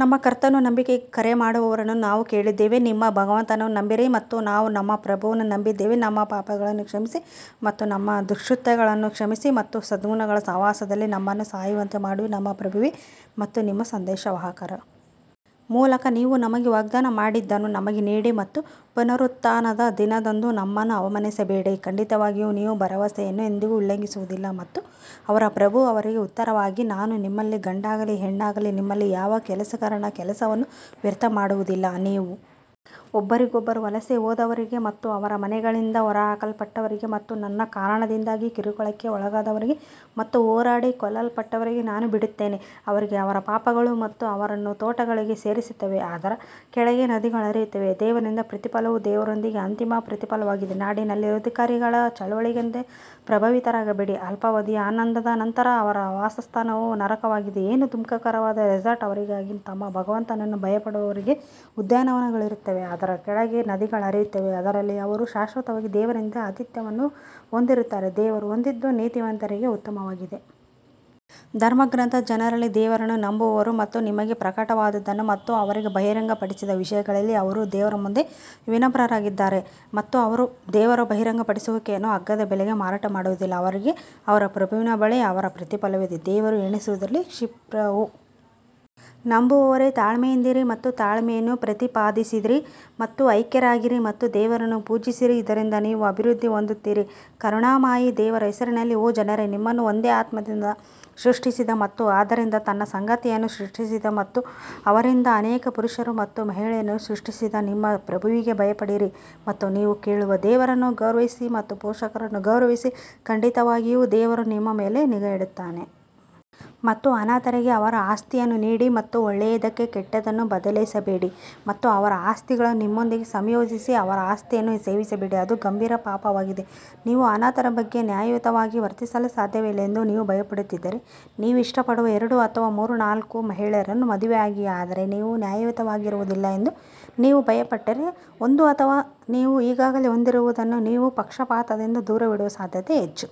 ನಮ್ಮ ಕರ್ತನು ನಂಬಿಕೆಗೆ ಕರೆ ಮಾಡುವವರನ್ನು ನಾವು ಕೇಳಿದ್ದೇವೆ ನಿಮ್ಮ ಭಗವಂತನನ್ನು ನಂಬಿರಿ ಮತ್ತು ನಾವು ನಮ್ಮ ಪ್ರಭುವನ್ನು ನಂಬಿದ್ದೇವೆ ನಮ್ಮ ಪಾಪಗಳನ್ನು ಕ್ಷಮಿಸಿ ಮತ್ತು ನಮ್ಮ ದುಷ್ಕೃತ್ಯಗಳನ್ನು ಕ್ಷಮಿಸಿ ಮತ್ತು ಸದ್ಗುಣಗಳ ಸಹವಾಸದಲ್ಲಿ ನಮ್ಮನ್ನು ಸಾಯುವಂತೆ ಮಾಡು ನಮ್ಮ ಪ್ರಭುವೇ ಮತ್ತು ನಿಮ್ಮ ಸಂದೇಶವಾಹಕರ ಮೂಲಕ ನೀವು ನಮಗೆ ವಾಗ್ದಾನ ಮಾಡಿದ್ದನ್ನು ನಮಗೆ ನೀಡಿ ಮತ್ತು ಪುನರುತ್ಥಾನದ ದಿನದಂದು ನಮ್ಮನ್ನು ಅವಮಾನಿಸಬೇಡಿ, ಖಂಡಿತವಾಗಿಯೂ ನೀವು ಭರವಸೆಯನ್ನು ಎಂದಿಗೂ ಉಲ್ಲಂಘಿಸುವುದಿಲ್ಲ ಮತ್ತು ಅವರ ಪ್ರಭು ಅವರಿಗೆ ಉತ್ತರವಾಗಿ ನಾನು ನಿಮ್ಮಲ್ಲಿ ಗಂಡಾಗಲಿ ಹೆಣ್ಣಾಗಲಿ ನಿಮ್ಮಲ್ಲಿ ಯಾವ ಕೆಲಸಗಾರನ ಕೆಲಸವನ್ನು ವ್ಯರ್ಥ ಮಾಡುವುದಿಲ್ಲ, ನೀವು ಒಬ್ಬರಿಗೊಬ್ಬರು ವಲಸೆ ಹೋದವರಿಗೆ ಮತ್ತು ಅವರ ಮನೆಗಳಿಂದ ಹೊರಹಾಕಲ್ಪಟ್ಟವರಿಗೆ ಮತ್ತು ನನ್ನ ಕಾರಣದಿಂದಾಗಿ ಕಿರುಕುಳಕ್ಕೆ ಒಳಗಾದವರಿಗೆ ಮತ್ತು ಹೋರಾಡಿ ಕೊಲ್ಲಲ್ಪಟ್ಟವರಿಗೆ ನಾನು ಬಿಡುತ್ತೇನೆ ಅವರಿಗೆ ಅವರ ಪಾಪಗಳು ಮತ್ತು ಅವರನ್ನು ತೋಟಗಳಿಗೆ ಸೇರಿಸುತ್ತವೆ, ಅದರ ಕೆಳಗೆ ನದಿಗಳು ಹರಿಯುತ್ತವೆ, ದೇವರಿಂದ ಪ್ರತಿಫಲವು ದೇವರೊಂದಿಗೆ ಅಂತಿಮ ಪ್ರತಿಫಲವಾಗಿದೆ ನಾಡಿನಲ್ಲಿರುವ ಧಿಕ್ಕಾರಿಗಳ ಚಳುವಳಿಗಳಿಂದ ಪ್ರಭಾವಿತರಾಗಬೇಡಿ ಅಲ್ಪಾವಧಿಯ ಆನಂದದ ನಂತರ ಅವರ ವಾಸಸ್ಥಾನವು ನರಕವಾಗಿದೆ ಏನು ದುಃಖಕರವಾದ ರೆಸಾರ್ಟ್ ಅವರಿಗಾಗಿ ತಮ್ಮ ಭಗವಂತನನ್ನು ಭಯಪಡುವವರಿಗೆ ಉದ್ಯಾನವನಗಳಿರುತ್ತವೆ, ಅದರ ಕೆಳಗೆ ನದಿಗಳು ಹರಿಯುತ್ತವೆ, ಅದರಲ್ಲಿ ಅವರು ಶಾಶ್ವತವಾಗಿ ದೇವರಿಂದ ಆತಿಥ್ಯವನ್ನು ಹೊಂದಿರುತ್ತಾರೆ, ದೇವರು ಹೊಂದಿದ್ದು ನೀತಿವಂತರಿಗೆ ಉತ್ತಮವಾಗಿದೆ. ಧರ್ಮಗ್ರಂಥದ ಜನರಲ್ಲಿ ದೇವರನ್ನು ನಂಬುವವರು ಮತ್ತು ನಿಮಗೆ ಪ್ರಕಟವಾದದ್ದನ್ನು ಮತ್ತು ಅವರಿಗೆ ಬಹಿರಂಗಪಡಿಸಿದ ವಿಷಯಗಳಲ್ಲಿ ಅವರು ದೇವರ ಮುಂದೆ ವಿನಮ್ರರಾಗಿದ್ದಾರೆ ಮತ್ತು ಅವರು ದೇವರ ಬಹಿರಂಗಪಡಿಸುವಿಕೆಯನ್ನು ಅಗ್ಗದ ಬೆಲೆಗೆ ಮಾರಾಟ ಮಾಡುವುದಿಲ್ಲ ಅವರಿಗೆ ಅವರ ಪ್ರಭುವಿನ ಬಳಿ ಅವರ ಪ್ರತಿಫಲವಿದೆ. ದೇವರು ಎಣಿಸುವುದರಲ್ಲಿ ಕ್ಷಿಪ್ರ ಓ ನಂಬುವವರೇ ತಾಳ್ಮೆಯಿಂದಿರಿ ಮತ್ತು ತಾಳ್ಮೆಯನ್ನು ಪ್ರತಿಪಾದಿಸಿರಿ ಮತ್ತು ಐಕ್ಯರಾಗಿರಿ ಮತ್ತು ದೇವರನ್ನು ಪೂಜಿಸಿರಿ ಇದರಿಂದ ನೀವು ಅಭಿವೃದ್ಧಿ ಹೊಂದುತ್ತೀರಿ ಕರುಣಾಮಯಿ ದೇವರ ಹೆಸರಿನಲ್ಲಿ ಓ ಜನರೇ ನಿಮ್ಮನ್ನು ಒಂದೇ ಆತ್ಮದಿಂದ ಸೃಷ್ಟಿಸಿದ ಮತ್ತು ಅದರಿಂದ ತನ್ನ ಸಂಗಾತಿಯನ್ನು ಸೃಷ್ಟಿಸಿದ ಮತ್ತು ಅವರಿಂದ ಅನೇಕ ಪುರುಷರು ಮತ್ತು ಮಹಿಳೆಯರನ್ನು ಸೃಷ್ಟಿಸಿದ ನಿಮ್ಮ ಪ್ರಭುವಿಗೆ ಭಯಪಡಿರಿ ಮತ್ತು ನೀವು ಕೇಳುವ ದೇವರನ್ನು ಗೌರವಿಸಿ ಮತ್ತು ಪೋಷಕರನ್ನು ಗೌರವಿಸಿ, ಖಂಡಿತವಾಗಿಯೂ ದೇವರು ನಿಮ್ಮ ಮೇಲೆ ನಿಗಾ ಇಡುತ್ತಾನೆ. ಮತ್ತು ಅನಾಥರಿಗೆ ಅವರ ಆಸ್ತಿಯನ್ನು ನೀಡಿ ಮತ್ತು ಒಳ್ಳೆಯದಕ್ಕೆ ಕೆಟ್ಟದ್ದನ್ನು ಬದಲಾಯಿಸಬೇಡಿ ಮತ್ತು ಅವರ ಆಸ್ತಿಗಳನ್ನು ನಿಮ್ಮೊಂದಿಗೆ ಸಂಯೋಜಿಸಿ ಅವರ ಆಸ್ತಿಯನ್ನು ಸೇವಿಸಬೇಡಿ ಅದು ಗಂಭೀರ ಪಾಪವಾಗಿದೆ ನೀವು ಅನಾಥರ ಬಗ್ಗೆ ನ್ಯಾಯಯುತವಾಗಿ ವರ್ತಿಸಲು ಸಾಧ್ಯವಿಲ್ಲ ಎಂದು ನೀವು ಭಯಪಡುತ್ತಿದ್ದರೆ, ನೀವು ಇಷ್ಟಪಡುವ ಎರಡು ಅಥವಾ ಮೂರು ಅಥವಾ ನಾಲ್ಕು ಮಹಿಳೆಯರನ್ನು ಮದುವೆಯಾಗಿ ಆದರೆ ನೀವು ನ್ಯಾಯಯುತವಾಗಿರುವುದಿಲ್ಲ ಎಂದು ನೀವು ಭಯಪಟ್ಟರೆ, ಒಂದು ಅಥವಾ ನೀವು ಈಗಾಗಲೇ ಹೊಂದಿರುವುದನ್ನು ನೀವು ಪಕ್ಷಪಾತದಿಂದ ದೂರವಿಡುವ ಸಾಧ್ಯತೆ ಹೆಚ್ಚು.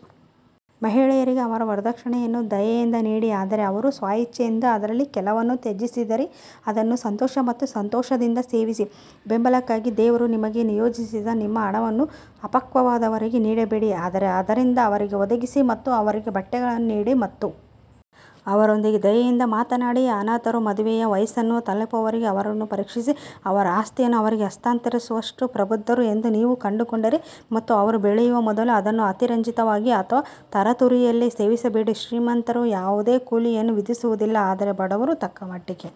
ಮಹಿಳೆಯರಿಗೆ ಅವರ ವರದಕ್ಷಿಣೆಯನ್ನು ದಯೆಯಿಂದ ನೀಡಿ ಆದರೆ ಅವರು ಸ್ವಇಚ್ಛೆಯಿಂದ ಅದರಲ್ಲಿ ಕೆಲವನ್ನು ತ್ಯಜಿಸಿದರೆ ಅದನ್ನು ಸಂತೋಷ ಮತ್ತು ಸಂತೋಷದಿಂದ ಸೇವಿಸಿ ಬೆಂಬಲಕ್ಕಾಗಿ ದೇವರು ನಿಮಗೆ ನಿಯೋಜಿಸಿದ ನಿಮ್ಮ ಹಣವನ್ನು ಅಪಕ್ವವಾದವರಿಗೆ ನೀಡಬೇಡಿ ಆದರೆ ಅದರಿಂದ ಅವರಿಗೆ ಒದಗಿಸಿ ಮತ್ತು ಅವರಿಗೆ ಬಟ್ಟೆಗಳನ್ನು ನೀಡಿ ಮತ್ತು ಅವರೊಂದಿಗೆ ದಯೆಯಿಂದ ಮಾತನಾಡಿ ಅನಾಥರು ಮದುವೆಯ ವಯಸ್ಸನ್ನು ತಲುಪುವವರೆಗೆ ಅವರನ್ನು ಪರೀಕ್ಷಿಸಿ ಅವರ ಆಸ್ತಿಯನ್ನು ಅವರಿಗೆ ಹಸ್ತಾಂತರಿಸುವಷ್ಟು ಪ್ರಬುದ್ಧರು ಎಂದು ನೀವು ಕಂಡುಕೊಂಡರೆ ಮತ್ತು ಅವರು ಬೆಳೆಯುವ ಮೊದಲು ಅದನ್ನು ಅತಿರಂಜಿತವಾಗಿ ಅಥವಾ ತರಾತುರಿಯಲ್ಲಿ ಸೇವಿಸಬೇಡಿ ಶ್ರೀಮಂತರು ಯಾವುದೇ ಕೂಲಿಯನ್ನು ವಿಧಿಸುವುದಿಲ್ಲ ಆದರೆ ಬಡವರು ತಕ್ಕಮಟ್ಟಿಗೆ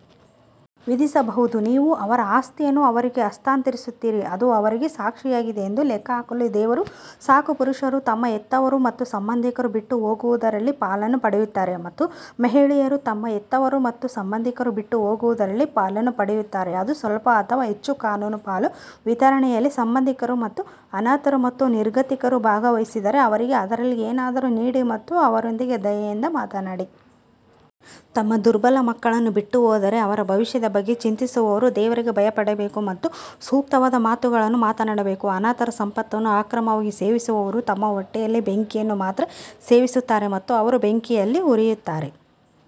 ವಿಧಿಸಬಹುದು ನೀವು ಅವರ ಆಸ್ತಿಯನ್ನು ಅವರಿಗೆ ಹಸ್ತಾಂತರಿಸುತ್ತೀರಿ, ಅದು ಅವರಿಗೆ ಸಾಕ್ಷಿಯಾಗಿದೆ ಎಂದು ಲೆಕ್ಕ ಹಾಕಲು ದೇವರು ಸಾಕು ಪುರುಷರು ತಮ್ಮ ಹೆತ್ತವರು ಮತ್ತು ಸಂಬಂಧಿಕರು ಬಿಟ್ಟು ಹೋಗುವುದರಲ್ಲಿ ಪಾಲನ್ನು ಪಡೆಯುತ್ತಾರೆ ಮತ್ತು ಮಹಿಳೆಯರು ತಮ್ಮ ಹೆತ್ತವರು ಮತ್ತು ಸಂಬಂಧಿಕರು ಬಿಟ್ಟು ಹೋಗುವುದರಲ್ಲಿ ಪಾಲನ್ನು ಪಡೆಯುತ್ತಾರೆ ಅದು ಸ್ವಲ್ಪ ಅಥವಾ ಹೆಚ್ಚು ಕಾನೂನು ಪಾಲು ವಿತರಣೆಯಲ್ಲಿ ಸಂಬಂಧಿಕರು ಮತ್ತು ಅನಾಥರು ಮತ್ತು ನಿರ್ಗತಿಕರು ಭಾಗವಹಿಸಿದರೆ ಅವರಿಗೆ ಅದರಲ್ಲಿ ಏನಾದರೂ ನೀಡಿ ಮತ್ತು ಅವರೊಂದಿಗೆ ದಯೆಯಿಂದ ಮಾತನಾಡಿ. ತಮ್ಮ ದುರ್ಬಲ ಮಕ್ಕಳನ್ನು ಬಿಟ್ಟುಹೋದರೆ ಅವರ ಭವಿಷ್ಯದ ಬಗ್ಗೆ ಚಿಂತಿಸುವವರು ದೇವರಿಗೆ ಭಯಪಡಬೇಕು ಮತ್ತು ಸೂಕ್ತವಾದ ಮಾತುಗಳನ್ನು ಮಾತನಾಡಬೇಕು ಅನಾಥರ ಸಂಪತ್ತನ್ನು ಅಕ್ರಮವಾಗಿ ಸೇವಿಸುವವರು ತಮ್ಮ ಹೊಟ್ಟೆಯಲ್ಲಿ ಬೆಂಕಿಯನ್ನು ಮಾತ್ರ ಸೇವಿಸುತ್ತಾರೆ ಮತ್ತು ಅವರು ಬೆಂಕಿಯಲ್ಲಿ ಹುರಿಯುತ್ತಾರೆ.